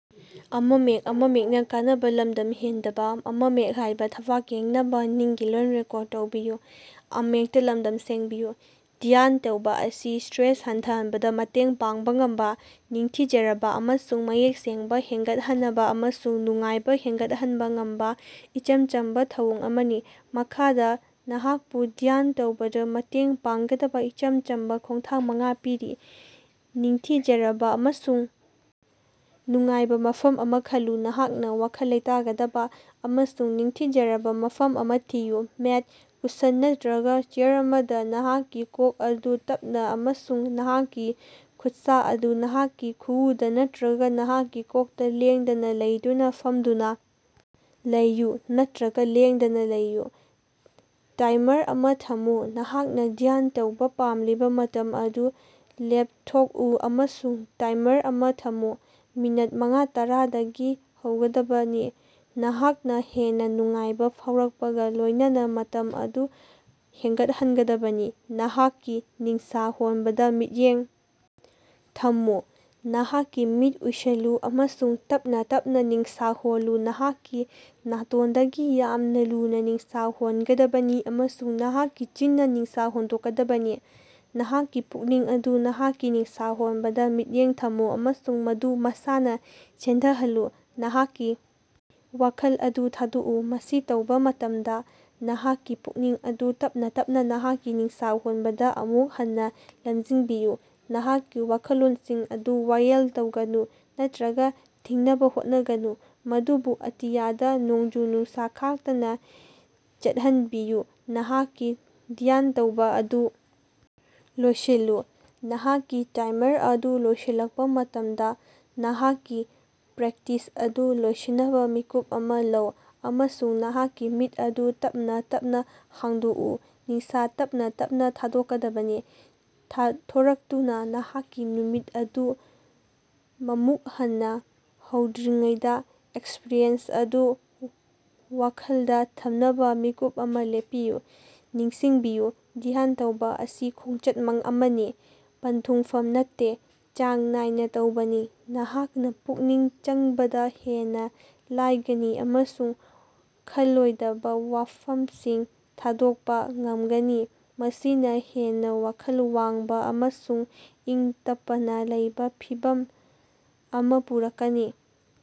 ꯙ꯭ꯌꯥꯟꯇꯧꯕ ꯑꯁꯤ ꯁꯇ꯭ꯔꯦꯁ ꯍꯟꯊꯍꯟꯕꯗꯥ ꯃꯇꯦꯡ ꯄꯥꯡꯕꯥ ꯉꯝꯕꯥ, ꯅꯤꯡꯊꯤꯖꯔꯕꯥ ꯑꯃꯁꯨꯡ ꯃꯌꯦꯛ ꯁꯦꯡꯕꯥ ꯍꯦꯟꯒꯠꯍꯅꯕꯥ ꯑꯃꯁꯨꯡ ꯅꯨꯡꯉꯥꯏꯕꯥ ꯍꯦꯅꯒꯠꯍꯟꯕꯥ ꯉꯝꯕꯥ ꯏꯆꯝ ꯆꯝꯕꯥ ꯊꯧꯑꯣꯡ ꯑꯃꯅꯤ꯫ ꯃꯈꯥꯗꯥ ꯅꯍꯥꯛꯄꯨ ꯙ꯭ꯌꯥꯟ ꯇꯧꯕꯗꯥ ꯃꯇꯦꯡ ꯄꯥꯡꯒꯗꯕꯥ ꯏꯆꯝ ꯆꯝꯕꯥ ꯈꯣꯡꯊꯥꯡ ꯃꯉꯥ ꯄꯤꯔꯤ: ꯅꯤꯡꯊꯤꯖꯔꯕꯥ ꯑꯃꯁꯨꯡ ꯅꯨꯡꯉꯥꯏꯕꯥ ꯃꯐꯝ ꯑꯃꯥ ꯈꯜꯂꯨ: ꯅꯍꯥꯛꯅꯥ ꯋꯥꯈꯜ ꯂꯩꯇꯒꯗꯕꯥ ꯑꯃꯁꯨꯡ ꯅꯤꯡꯊꯤꯖꯔꯕꯥ ꯃꯐꯝ ꯑꯃꯥ ꯊꯤꯌꯨ꯫ ꯃꯦꯠ, ꯀꯨꯁꯟ ꯅꯠꯇ꯭ꯔꯒꯥ ꯆꯦꯌꯥꯔ ꯑꯃꯗꯥ, ꯅꯍꯥꯛꯀꯤ ꯀꯣꯛ ꯑꯗꯨ ꯇꯞꯅꯥ ꯑꯃꯁꯨꯡ ꯅꯍꯥꯛꯀꯤ ꯈꯨꯠꯁꯥ ꯑꯗꯨ ꯅꯍꯥꯛꯀꯤ ꯈꯨꯑꯨꯗꯥ ꯅꯠꯇ꯭ꯔꯒꯥ ꯅꯍꯥꯛꯀꯤ ꯀꯣꯛꯇꯥ ꯂꯦꯡꯗꯅꯥ ꯂꯩꯗꯨꯅꯥ ꯐꯝꯗꯨꯅꯥ ꯂꯩꯌꯨ ꯅꯠꯇ꯭ꯔꯒꯥ ꯂꯦꯡꯗꯅꯥ ꯂꯩꯌꯨ꯫ ꯇꯥꯏꯃꯔ ꯑꯃꯥ ꯊꯝꯃꯨ: ꯅꯍꯥꯛꯅꯥ ꯙ꯭ꯌꯥꯟ ꯇꯧꯕꯥ ꯄꯥꯝꯂꯤꯕꯥ ꯃꯇꯝ ꯑꯗꯨ ꯂꯦꯄꯊꯣꯀꯑꯨ ꯑꯃꯁꯨꯡ ꯇꯥꯏꯃꯔ ꯑꯃꯥ ꯊꯝꯃꯨ꯫ ꯃꯤꯅꯠ ꯃꯉꯥ-ꯇꯔꯗꯒꯤ ꯍꯧꯒꯗꯕꯅꯤ, ꯅꯍꯥꯛꯅꯥ ꯍꯦꯟꯅꯥ ꯅꯨꯡꯉꯥꯏꯕꯥ ꯐꯥꯎꯔꯛꯄꯒꯥ ꯂꯣꯏꯅꯅꯥ ꯃꯇꯝ ꯑꯗꯨ ꯍꯦꯟꯒꯠꯍꯟꯒꯗꯕꯅꯤ꯫ ꯅꯍꯥꯛꯀꯤ ꯅꯤꯡꯁ ꯍꯣꯟꯕꯗꯥ ꯃꯤꯠꯌꯦꯡ ꯊꯝꯃꯨ: ꯅꯍꯥꯛꯀꯤ ꯃꯤꯠ ꯑꯨꯢꯁꯤꯜꯂꯨ ꯑꯃꯁꯨꯡ ꯇꯞꯅꯥ ꯇꯞꯅꯥ ꯅꯤꯡꯁ ꯍꯣꯜꯂꯨ꯫ ꯅꯍꯥꯛꯀꯤ ꯅꯥꯇꯣꯟꯗꯒꯤ ꯌꯥꯝꯅꯥ ꯂꯨꯅꯥ ꯅꯤꯡꯁ ꯍꯣꯟꯒꯗꯕꯅꯤ ꯑꯃꯁꯨꯡ ꯅꯍꯥꯛꯀꯤ ꯆꯤꯟꯅ ꯅꯤꯡꯁ ꯍꯣꯟꯗꯣꯛꯀꯅꯤ꯫ ꯅꯍꯥꯛꯀꯤ ꯄꯨꯛꯅꯤꯡ ꯑꯗꯨ ꯅꯍꯥꯛꯀꯤ ꯅꯤꯡꯁ ꯍꯣꯟꯕꯗꯥ ꯃꯤꯠꯌꯦꯡ ꯊꯝꯃꯨ, ꯑꯃꯁꯨꯡ ꯃꯗꯨ ꯃꯁꯥꯅꯥ ꯆꯦꯟꯊꯍꯜꯂꯨ꯫ ꯅꯍꯥꯛꯀꯤ ꯋꯥꯈꯜ ꯑꯗꯨ ꯊꯥꯗꯣꯛꯑꯨ꯫ ꯃꯁꯤ ꯇꯧꯕ ꯃꯇꯃꯗꯥ, ꯅꯍꯥꯛꯀꯤ ꯄꯨꯛꯅꯤꯡ ꯑꯗꯨ ꯇꯞꯅꯥ ꯇꯞꯅꯥ ꯅꯍꯥꯛꯀꯤ ꯅꯤꯡꯁ ꯍꯣꯟꯕꯗꯥ ꯑꯃꯨꯛ ꯍꯟꯅꯥ ꯂꯝꯖꯤꯡꯕꯤꯌꯨ꯫ ꯅꯍꯥꯛꯀꯤ ꯋꯥꯈꯜꯂꯣꯟꯁꯤꯡ ꯑꯗꯨ ꯋꯥꯌꯦꯜ ꯇꯧꯒꯅꯨ ꯅꯠꯇ꯭ꯔꯒꯥ ꯊꯤꯡꯅꯕꯥ ꯍꯣꯠꯅꯒꯅꯨ, ꯃꯗꯨꯕꯨ ꯑꯇꯤꯌꯥꯗꯥ ꯅꯣꯡꯖꯨ-ꯅꯨꯡꯁꯥ ꯈꯥꯛꯇꯅꯥ ꯆꯠꯍꯅꯕꯤꯌꯨ꯫ ꯅꯍꯥꯛꯀꯤ ꯙ꯭ꯌꯥꯟꯇꯧꯕ ꯑꯗꯨ ꯂꯣꯏꯁꯤꯜꯂꯨ: ꯅꯍꯥꯛꯀꯤ ꯇꯥꯏꯃꯔ ꯑꯗꯨ ꯂꯣꯏꯁꯤꯜꯂꯛꯄꯥ ꯃꯇꯝꯗꯥ, ꯅꯍꯥꯛꯀꯤ ꯄ꯭ꯔꯦꯛꯇꯤꯁ ꯑꯗꯨ ꯂꯣꯏꯁꯤꯟꯅꯕꯥ ꯃꯤꯀꯨꯞ ꯑꯃꯥ ꯂꯧ ꯑꯃꯁꯨꯡ ꯅꯍꯥꯛꯀꯤ ꯃꯤꯠ ꯑꯗꯨ ꯇꯞꯅꯥ ꯇꯞꯅꯥ ꯍꯥꯡꯗꯣꯛꯎ꯫ ꯅꯤꯡꯁ ꯇꯞꯅꯥ ꯇꯞꯅꯥ ꯊꯣꯀꯍꯅꯒꯗꯕꯅꯤ꯫ ꯊꯣꯔꯛꯇꯨꯅꯥ ꯅꯍꯥꯛꯀꯤ ꯅꯨꯃꯤꯠ ꯑꯗꯨ ꯑꯃꯨꯛ ꯍꯟꯅꯥ ꯍꯧꯗ꯭ꯔꯤꯉꯩꯗꯥ ꯑꯦꯛꯁꯄ꯭ꯔꯤꯌꯦꯟꯁ ꯑꯗꯨ ꯋꯥꯈꯂꯗꯥ ꯊꯝꯅꯕꯥ ꯃꯤꯀꯨꯞ ꯑꯃꯥ ꯂꯦꯞꯄꯤꯌꯨ꯫ ꯅꯤꯡꯁꯤꯡꯕꯤꯌꯨ, ꯙ꯭ꯌꯥꯟꯇꯧꯕ ꯑꯁꯤ ꯈꯣꯉꯆꯠ ꯑꯃꯅꯤ, ꯄꯟꯊꯨꯡꯐꯝ ꯅꯠꯇꯦ꯫ ꯆꯥꯡ ꯅꯥꯏꯅꯥ ꯇꯧꯕꯅꯥ, ꯅꯍꯥꯛꯅꯥ ꯄꯨꯛꯅꯤꯡ ꯆꯪꯕꯗꯥ ꯍꯦꯟꯅꯥ ꯂꯥꯌꯒꯅꯤ ꯑꯃꯁꯨꯡ ꯈꯜꯂꯣꯏꯗꯕ ꯋꯥꯐꯝꯁꯤꯡ ꯊꯥꯗꯣꯛꯄꯥ ꯉꯝꯒꯅꯤ, ꯃꯁꯤꯅꯥ ꯍꯦꯟꯅꯥ ꯋꯥꯈꯜ ꯋꯥꯡꯕꯥ ꯑꯃꯁꯨꯡ ꯏꯤꯡꯇꯞꯄꯅ ꯂꯩꯕ ꯐꯤꯚꯝ ꯑꯃꯥ ꯄꯨꯔꯛꯀꯅꯤ꯫।